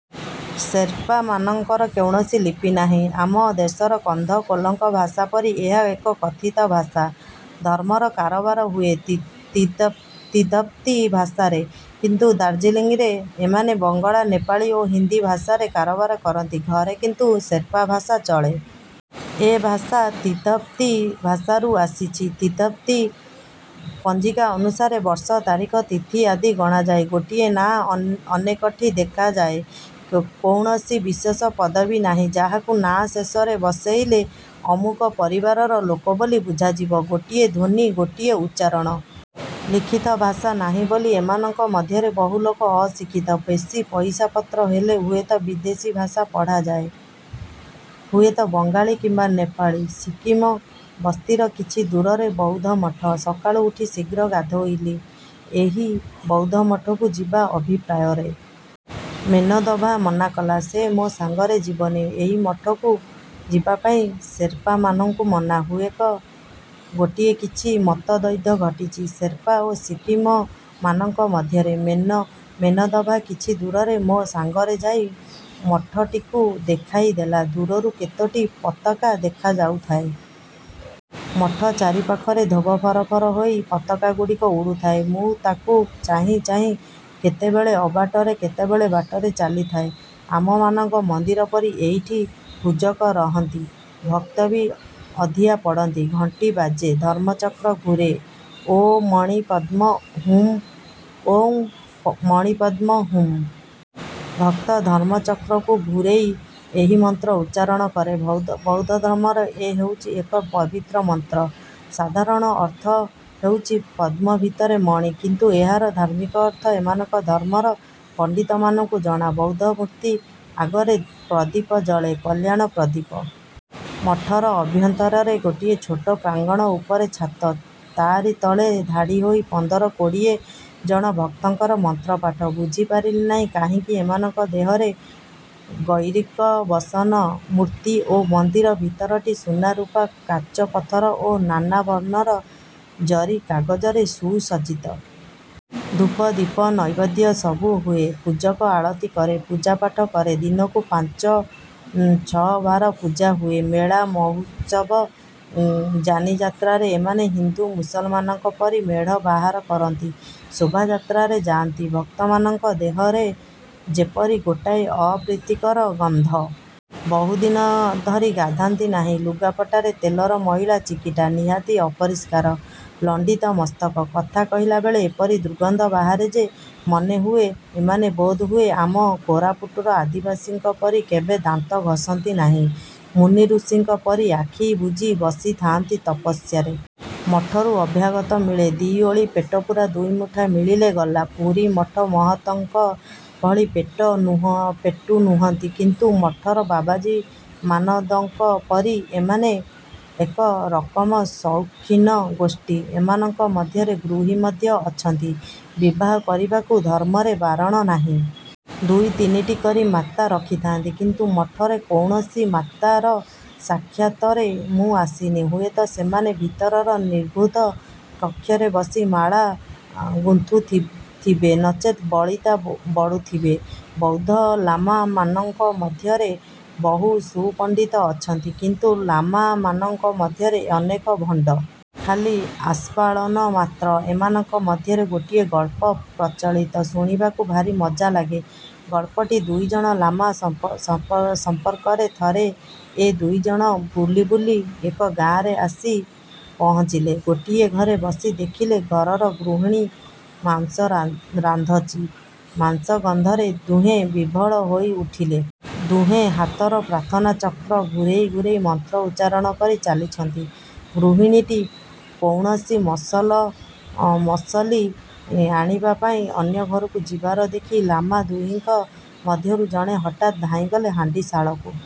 ସେର୍ପାମାନଙ୍କର କୌଣସି ଲିପି ନାହିଁ। ଆମ ଦେଶର କନ୍ଧ କୋହ୍ଲଙ୍କ ଭାଷା ପରି ଏହା ଏକ କଥିତ ଭାଷା। ଧର୍ମର କାରବାର ହୁଏ ତିବ୍ଦତୀ ଭାଷାରେ। କିନ୍ତୁ ଦାର୍ଜିଲିଂରେ ଏମାନେ ବଙ୍ଗଳା, ନେପାଳୀ ଓ ହିନ୍ଦୀ ଭାଷାରେ। କାରବାର କରନ୍ତି। ଘରେ କିନ୍ତୁ ସେର୍ପା ଭାଷା ଚଳେ। ଏ ଭାଷା ତିବ୍ଦତୀ ଭାଷାରୁ ଆସିଛି। ତିବ୍ଦତୀ ପଞ୍ଜିକା ଅନୁସାରେ ବର୍ଷ, ତାରିଖ, ତିଥି ଆଦି ଗଣାଯାଏ। ଗୋଟିଏ ନାଁ ଅନେକଠି ଦେଖାଯାଏ-। କୌଣସି ବିଶେଷ ପଦବୀ ନାହିଁ ଯାହାକୁ ନାଁ ଶେଷରେ ବସେଇଲେ, ଅମୁକ ପରିବାରର ଲୋକ ବୋଲି ବୁଝାଯିବ। ଗୋଟିଏ ଧ୍ୱନି, ଗୋଟିଏ ଉଚ୍ଚାରଣ। ଲିଖିତଭାଷା ନାହିଁ ବୋଲି ଏମାନଙ୍କ ମଧ୍ୟରେ ବହୁ ଲୋକ ଅଶିକ୍ଷିତ। ବେଶୀ ପଇସା ପତ୍ର ହେଲେ ହୁଏତ ବିଦେଶୀ ଭାଷା ପଢ଼ାଯାଏ। ହୁଏତ ବଙ୍ଗାଳୀ କିମ୍ୱା ନେପାଳୀ। ସିକିମ ବସ୍ତିର କିଛି ଦୂରରେ ବୌଦ୍ଧମଠ। ସକାଳୁ ଉଠି ଶୀଘ୍ର ଗାଧୋଇଲି ଏହି ବୌଦ୍ଧମଠକୁ ଯିବା ଅଭିପ୍ରାୟରେ। ମେନଦଭା ମନା କଲା। ସେ ମୋ ସାଙ୍ଗରେ ଯିବ ନି। ଏହି ମଠକୁ ଯିବାପାଇଁ ସେର୍ପାମାନଙ୍କୁ ମନା। ହୁଏକ ଗୋଟିଏ କିଛି ମତଦ୍ୱୈଧ ଘଟିଛି-ସେର୍ପା ଓ ସିକିମମାନଙ୍କ ମଧ୍ୟରେ। ମେନଦଭା କିଛି ଦୂରରେ ମୋ ସାଙ୍ଗରେ ଯାଇ ମଠଟିକୁ ଦେଖାଇ ଦେଲା-। ଦୂରରୁ କେତୋଟି ପତାକା ଦେଖା ଯାଉଥାଏ। ମଠ ଚାରି ପାଖରେ ଧୋବ ଫରଫର ହୋଇ ପତାକାଗୁଡ଼ିକ ଉଡ଼ୁଥାଏ। ମୁଁ ତାକୁ ଚାହିଁ ଚାହିଁ କେତେବେଳେ ଅବାଟରେ କେତେବେଳେ ବାଟରେ ଚାଲିଥାଏ। ଆମମାନଙ୍କ ମନ୍ଦିର ପରି ଏଇଠି ପୂଜକ ରହନ୍ତି, ଭକ୍ତ ବି ଅଧିଆ ପଡ଼ନ୍ତି। ଘଣ୍ଟି ବାଜେ-। ଧର୍ମଚକ୍ର ଘୂରେ ''ଓ ମଣି ପଦ୍ମ ହୁମ୍, ଓଁ ମଣିପଦ୍ମ ହୁମ୍। '' ଭକ୍ତ ଧର୍ମଚକ୍ରକୁ ଘୂରେଇ ଏହି ମନ୍ତ୍ର ଉଚ୍ଚାରଣ କରେ। ବୌଦ୍ଧଧର୍ମର ଏ ହେଉଛି ଏକ ପବିତ୍ର ମନ୍ତ୍ର। ସାଧାରଣ ଅର୍ଥ ହେଉଛି ପଦ୍ମ ଭିତରେ ମଣି। କିନ୍ତୁ ଏହାର ଧାର୍ମିକ ଅର୍ଥ ଏମାନଙ୍କ ଧର୍ମର ପଣ୍ଡିତମାନଙ୍କୁ ଜଣା। ବୌଦ୍ଧମୂର୍ତ୍ତି ଆଗରେ ପ୍ରଦୀପ ଜଳେ। କଲ୍ୟାଣ ପ୍ରଦୀପ। ମଠର ଅଭ୍ୟନ୍ତରରେ ଗୋଟିଏ ଛୋଟ ପ୍ରାଙ୍ଗଣ, ଉପରେ ଛାତ। ତାରି ତଳେ ଧାଡ଼ି ହୋଇ ପନ୍ଦର କୋଡ଼ିଏ ଜଣ ଭକ୍ତଙ୍କର ମନ୍ତ୍ରପାଠ। ବୁଝି ପାରିଲି ନାହିଁ କାହିଁକି ଏମାନଙ୍କ ଦେହରେ ଗୈରିକବସନ। ମୂର୍ତ୍ତି ଓ ମନ୍ଦିର ଭିତରଟି ସୁନା-ରୂପା, କାଚପଥର ଓ ନାନା ବର୍ଣ୍ଣର ଜରି କାଗଜରେ ସୁସଜ୍ଜିତ। ଧୂପ, ଦୀପ, ନୈବେଦ୍ୟ ସବୁ ହୁଏ। ପୂଜକ ଆଳତି କରେ। ପୂଜାପାଠ କରେ। ଦିନକୁ ପାଞ୍ଚ ଛଅ ବାର ପୂଜା ହୁଏ। ମେଳା ମଉତ୍ସବ, ଯାନିଯାତ୍ରାରେ ଏମାନେ ହିନ୍ଦୁ, ମୁସଲମାନଙ୍କ ପରି ମେଢ଼ ବାହାର କରନ୍ତି। ଶୋଭାଯାତ୍ରାରେ ଯାଆନ୍ତି। ଭକ୍ତମାନଙ୍କ ଦେହରେ ଯେପରି ଗୋଟାଏ ଅପ୍ରୀତିକର ଗନ୍ଧ! ବହୁଦିନ ଧରି ଗାଧାନ୍ତି ନାହିଁ। ଲୁଗାପଟାରେ ତେଲର ମଇଳା ଚିକିଟା। ନିହାତି ଅପରିଷ୍କାର। ଲଣ୍ଡିତ ମସ୍ତକ। କଥା କହିଲାବେଳେ ଏପରି ଦୁର୍ଗନ୍ଧ ବାହାରେ ଯେ ମନେହୁଏ ଏମାନେ ବୋଧହୁଏ ଆମ କୋରାପୁଟର ଆଦିବାସୀଙ୍କ ପରି କେବେ ଦାନ୍ତ ଘଷନ୍ତି ନାହିଁ। ମୁନି ଋଷିଙ୍କ ପରି ଆଖି ବୁଜି ବସି ଥାଆନ୍ତି ତପସ୍ୟାରେ। ମଠରୁ ଅଭ୍ୟାଗତ ମିଳେ। ଦି'ଓଳି ପେଟପୂରା ଦୁଇମୁଠା ମିଳିଲେ ଗଲା! ପୁରୀ ମଠ ମହନ୍ତଙ୍କ ଭଳି ପେଟୁ ନୁହନ୍ତି କିନ୍ତୁ ମଠର ବାବାଜୀମାନଦଙ୍କ ପରି ଏମାନେ ଏକ ରକମ ସୌଖିନ ଗୋଷ୍ଠୀ। ଏମାନଙ୍କ ମଧ୍ୟରେ ଗୃହୀ ମଧ୍ୟ ଅଛନ୍ତି। ବିବାହ କରିବାକୁ ଧର୍ମରେ ବାରଣ ନାହିଁ। ଦୁଇ ତିନିଟି କରି ମାତା ରଖିଥାନ୍ତି। କିନ୍ତୁ ମଠରେ କୌଣସି ମାତାର ସାକ୍ଷାତରେ ମୁଁ ଆସିନି-। ହୁଏତ ସେମାନେ ଭିତରର ନିଭୃତ କକ୍ଷରେ ବସି ମାଳା ଗୁନ୍ଥୁଥିବେ ନଚେତ୍ ବଳିତା ବଳୁଥିବେ-। ବୌଦ୍ଧ ଲାମାମାନଙ୍କ ମଧ୍ୟରେ ବହୁ ସୁପଣ୍ଡିତ ଅଛନ୍ତି। କିନ୍ତୁ ଲାମାମାନଙ୍କ ମଧ୍ୟରେ ଅନେକ ଭଣ୍ଡ। ଖାଲି ଆସ୍ଫାଳନ ମାତ୍ର। ଏମାନଙ୍କ ମଧ୍ୟରେ ଗୋଟିଏ ଗଳ୍ପ ପ୍ରଚଳିତ। ଶୁଣିବାକୁ ଭାରି ମଜା ଲାଗେ। ଗଳ୍ପଟି ଦୁଇଜଣ ଲାମା ସମ୍ପର୍କରେ। ଥରେ ଏ ଦୁଇଜଣ ବୁଲି ବୁଲି ଏକ ଗାଁରେ ଆସି ପହଞ୍ଚିଲେ। ଗୋଟିଏ ଘରେ ପଶି ଦେଖିଲେ-ଘରର ଗୃହିଣୀ ମାଂସ ରାନ୍ଧଚି। ମାଂସ ଗନ୍ଧରେ ଦୁହେଁ ବିଭୋଳ ହୋଇ ଉଠିଲେ। ଦୁହେଁ ହାତରେ ପ୍ରାର୍ଥନା ଚକ୍ର ଘୂରେଇ ଘୂରେଇ ମନ୍ତ୍ର ଉଚ୍ଚାରଣ କରି ଚାଲିଛନ୍ତି। ଗୃହିଣୀଟି କୌଣସି ମସଲମସଲି ଆଣିବା ପାଇଁ ଅନ୍ୟ ଘରକୁ ଯିବାର ଦେଖି ଲାମା ଦୁହିଁଙ୍କ ମଧ୍ୟରୁ ଜଣେ ହଠାତ୍ ଧାଇଁଗଲେ ହାଣ୍ଡିଶାଳକୁ।